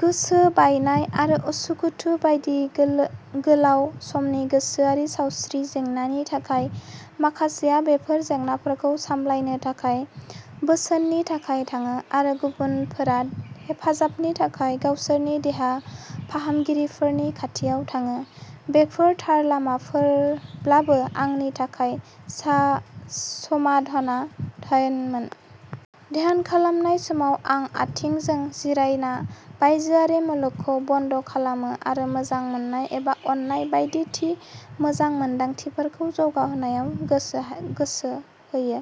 गोसो बायनाय आरो उसुखुथु बायदि गोलो गोलाव समनि गोसोआरि सावस्रि जेंनाफोरनि थाखाय। माखासेया बेफोर जेंनाफोरखौ सामलायनो थाखाय बोसोननि थाखाय थांङो, आरो गुबुनफोरा हेफाजाबनि थाखाय गावसोरनि देहा फाहामगिरिफोरनि खाथियाव थांङो। बेफोर थार लामाफोरब्लाबो, आंनि थाखाय सा-समाधानआ थायानमोन। ध्यान खालामनाय समाव, आं आथिंजों जिरायना, बायजोआरि मुलुगखौ बन्द'खालामो, आरो मोजां मोननाय एबा अननाय बायदि थि मोजां मोनदांथिफोरखौ जौगाहोनायाव गोसोहाय गोसो होयो।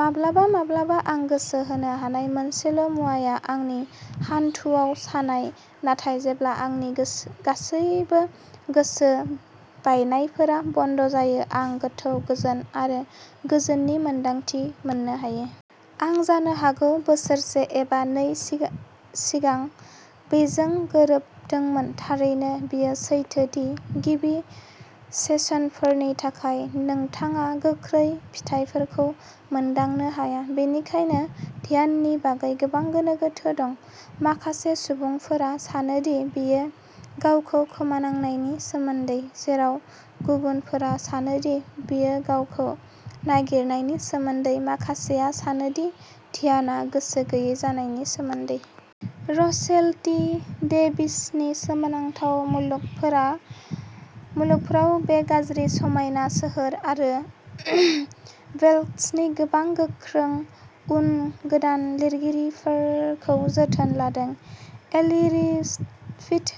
माब्लाबा माब्लाबा आं गोसो होनो हानाय मोनसेल'मुवाया आंनि हान्थुआव सानाय, नाथाय जेब्ला आंनि गोसो गासैबो गोसो बायनायफोरा बन्द'जायो, आं गोथौ गोजोन आरो गोजोननि मोनदांथि मोननो हायो। आं जानो हागौ बोसोरसे एबा नै सिगां बेजों गोरोबदोंमोन। थारैनो, बेयो सैथो दि गिबि सेसनफोरनि थाखाय नोंथांङा गोख्रै फिथायफोरखौ मोनदांनो हाया। बेनिखायनो, ध्याननि बागै गोबां गोनो-गोथो दं। माखासे सुबुंफोरा सानो दि बेयो गावखौ खोमानांनायनि सोमोन्दै, जेराव गुबुनफोरा सानो दि बेयो गावखौ नागिरनायनि सोमोन्दै; माखासेया सानो दि ध्यानआ गोसो गैयै जानायनि सोमोन्दै। Russell T. डेभिसनि सोमोनांथाव मुलुगफोराव, "बे गाज्रि, समायना सोहोर" आ वेल्सनि गोबां गोख्रों उन-गोदान लिरगिरिफोरखौ जोथोन लादों। 'एबेरिष्टविथ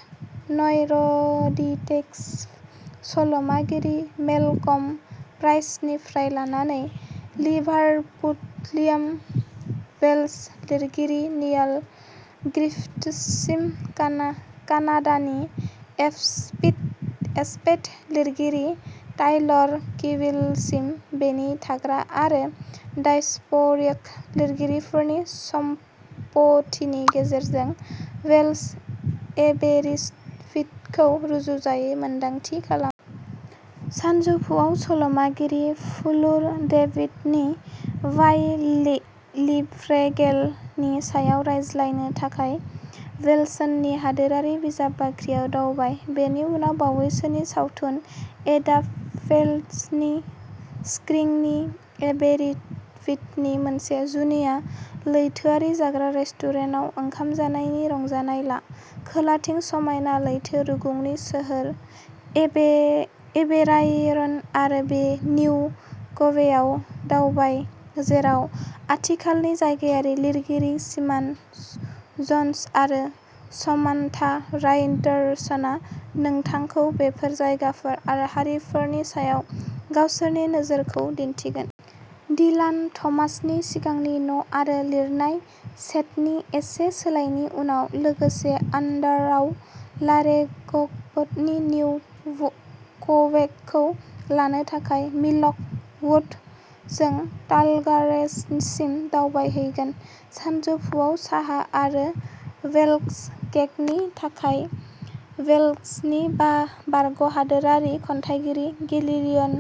न'इर'डिटेक्टिभ सल'मागिरि मेलकम प्राइसनिफ्राय लानानै लिभारपुडलियान वेल्श लिरगिरि नियाल ग्रिफिथ्ससिम, कानाडानि एक्सपेट लिरगिरि टाइलर किविलसिम, बेनि थाग्रा आरो डायस्प'रिक लिरगिरिफोरनि सम्पथिनि गेजेरजों वेल्श एबेरिष्टविथखौ रुजुजायै मोन्दांथि खालाम। सानजौफुआव, सल'मागिरि फ्लुर डेफिडनि वाई लिफ्रगेल नि सायाव रायज्लायनो थाखाय वेल्सनि हादोरारि बिजाब बाख्रियाव दावबाय, बेनि उनाव बावैसोनि सावथुन एडाप्टेसननि स्क्रिनिं। एबेरिष्टविथनि मोनसे जुनिया लैथोआरि जाग्रा रेस्टुरेन्टाव ओंखाम जानायनि रंजानाय ला। खोलाथिं समायना लैथो रुगुंनि सोहोर एबेराएरन आरो निउ क्वेआव दावबाय, जेराव आथिखालनि जायगायारि लिरगिरि सिनान जन्स आरो सामन्था राइडार्चआ नोंथांखौ बेफोर जायगाफोर आरो हारिफोरनि सायाव गावसोरनि नोजोरफोरखौ दिन्थिगोन। डिलान थमासनि सिगांनि न'आरो लिरनाय सेडनि एसे सोलायनायनि उनाव, लोगोसे'आन्डार'आव लारेगगबनि निउ क्वेखौ लानो थाखाय। मिल्क वुड ', जों टालगारेगसिम दावबायहैगोन सानजौफुआव साहा आरो वेल्स केकनि थाखाय वेल्सनि बारग'हादोरारि खन्थाइगिरि गिलियान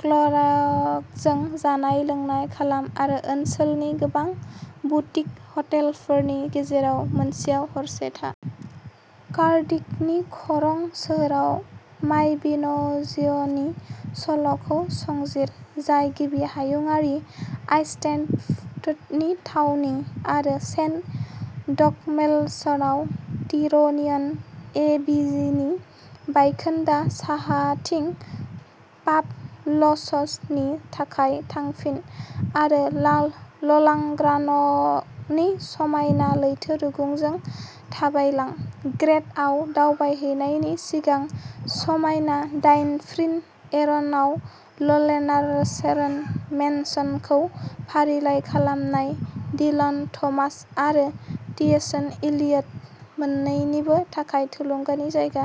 क्लार्कजों। जानाय-लोंनाय खालाम आरो ओनसोलनि गोबां बुटिक हटेलफोरनि गेजेराव मोनसेयाव हरसे था। कार्डिगननि खरं सोहोराव माबिन'जिय'ननि सल'फोरखौ संजिर, जाय गिबि हायुंआरि आइस्टेडफ'डनि थावनि, आरो सेन्ट डगमेल्सआव टिर'नियान एबीनि बायखोन्दा। साहाथिं पाब लञ्चनि थाखाय थांफिन आरो ल्लांग्रान'गनि समायना लैथो रुगुंजों थाबायलां, ग्रेड आव दावबायहैनायनि सिगां समायना डाइफ्रिन एर'नआव ल्लेनारचेरन मेनसनखौ फारिलाइ खालामनाय-डिलान थमास आरो टीएस इलियट मोन्नैनिबो थाखाय थुलुंगानि जायगा।